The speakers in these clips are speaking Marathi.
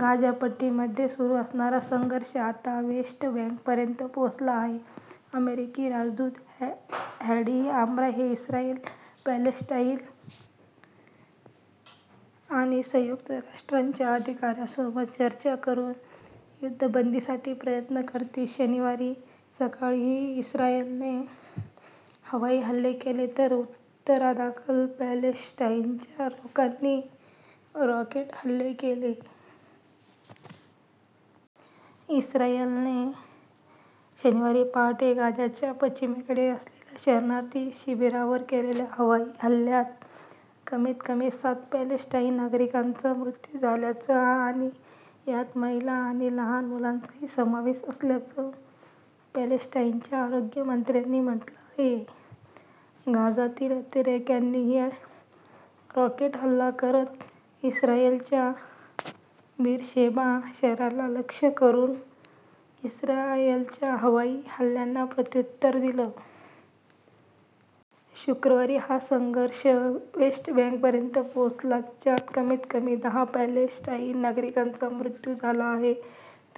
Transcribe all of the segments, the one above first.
गाझापट्टीमध्ये सुरू असणारा संघर्ष आता वेस्ट बँकपर्यंत पोहोचला आहे. अमेरिकी राजदूत हॅडी आम्रा हे इस्रायल, पॅलेस्टाईन आणि संयुक्त राष्ट्रांच्या अधिकाऱ्यांसोबत चर्चा करून युद्धबंदीसाठी प्रयत्न करतील. शनिवारी सकाळीही इस्रायलने हवाई हल्ले केले तर उत्तरादाखल पॅलेस्टाईनच्या लोकांनी रॉकेट हल्ले केले. इस्रायलने शनिवारी पहाटे गाझाच्या पश्चिमेकडे असलेल्या शरणार्थी शिबिरावर केलेल्या हवाई हल्ल्यात कमीत कमी सात पॅलेस्टाईन नागरिकांचा मृत्यू झाल्याचं आणि यात महिला आणि लहान मुलांचाही समावेश असल्याचं पॅलेस्टाईनच्या आरोग्य मंत्र्यांनी म्हटलं आहे. गाझातील अतिरेक्यांनीही रॉकेट हल्ला करत इस्रायलच्या बीरशेबा शहराला लक्ष्य करून इस्रायलच्या हवाई हल्ल्यांना प्रत्युत्तर दिलं. शुक्रवारी हा संघर्ष वेस्ट बँकपर्यंत पोहोचला. ज्यात कमीत कमी दहा पॅलेस्टाईन नागरिकांचा मृत्यू झाला आहे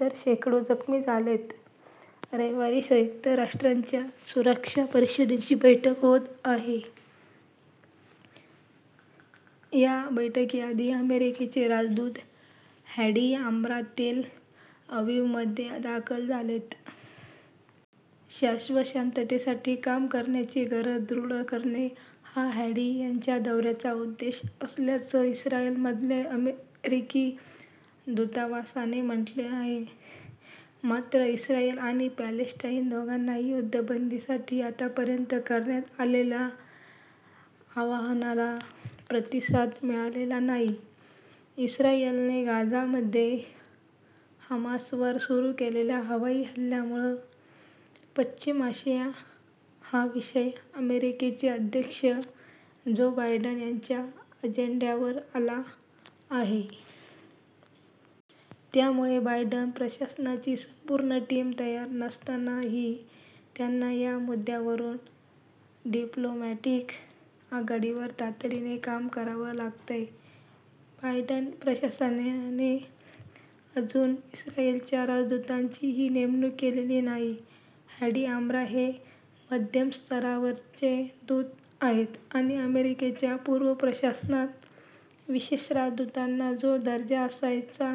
तर शेकडो जखमी झालेत. रविवारी संयुक्त राष्ट्रांच्या सुरक्षा परिषदेची बैठक होत आहे. या बैठकीआधी अमेरिकेचे राजदूत हॅडी आम्रा तेल अविवमध्ये दाखल झालेत. शाश्वत शांततेसाठी काम करण्याची गरज दृढ करणे हा हॅडी यांच्या दौऱ्याचा उद्देश असल्याचं इस्रायलमधल्या अमेरिकी दूतावासाने म्हटलं आहे. मात्र, इस्रायल आणि पॅलेस्टाईन दोघांनाही युद्धबंदीसाठी आतापर्यंत करण्यात आलेल्या आवाहनाला प्रतिसाद मिळालेला नाही. इस्रायलने गाझामध्ये हमासवर सुरू केलेल्या हवाई हल्ल्यामुळे पश्चिम आशिया हा विषय अमेरिकेचे अध्यक्ष जो बायडन यांच्या अजेंड्यावर आला आहे. त्यामुळे बायडन प्रशासनाची संपूर्ण टीम तयार नसतानाही त्यांना या मुद्द्यावरून डिप्लोमॅटिक आघाडीवर तातडीने काम करावं लागतंय. बायडन प्रशासनाने अजून इस्रायलच्या राजदूतांचीही नेमणूक केलेली नाही. हॅडी आम्रा हे मध्यम-स्तरावरचे दूत आहेत आणि अमेरिकेच्या पूर्व प्रशासनात विशेष राजदूतांना जो दर्जा असायचा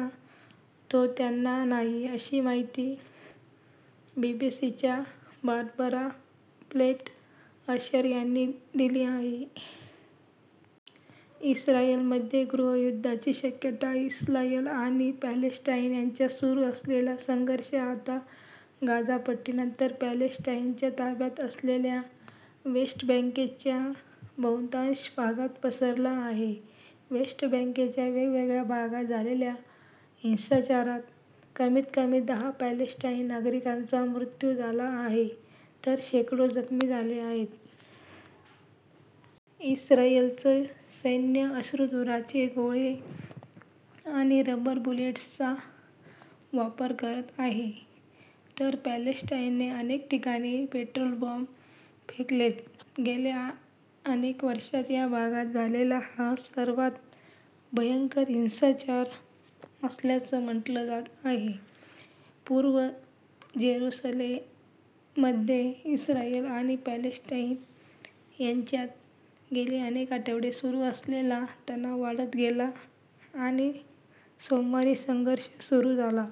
तो त्यांना नाही, अशी माहिती बीबीसीच्या बारबरा प्लेट अशर यांनी दिली आहे. इस्रायलमध्ये गृहयुद्धाची शक्यता इस्लायल आणि पॅलेस्टाईन यांच्यात सुरू असलेला संघर्ष आता गाझापट्टीनंतर पॅलेस्टाईनच्या ताब्यात असलेल्या वेस्ट बँकेच्या बहुतांश भागात पसरला आहे. वेस्ट बँकच्या वेगवेगळ्या भागात झालेल्या हिंसाचारात कमीत कमी दहा पॅलेस्टाईन नागरिकांचा मृत्यू झाला आहे तर शेकडो जखमी झाले आहेत. इस्रायलचं सैन्य अश्रूधुराचे गोळे आणि रबर बुलेट्सचा वापर करत आहे. तर पॅलेस्टाईनने अनेक ठिकाणी पेट्रोल बॉम्ब फेकलेत. गेल्या अनेक वर्षांत या भागात झालेला हा 'सर्वात भयंकर हिंसाचार' असल्याचं म्हटलं जात आहे. पूर्व जेरुसलेममध्ये इस्रायल आणि पॅलेस्टाईन यांच्यात गेली अनेक आठवडे सुरू असलेला तणाव वाढत गेला आणि सोमवारी संघर्ष सुरू झाला.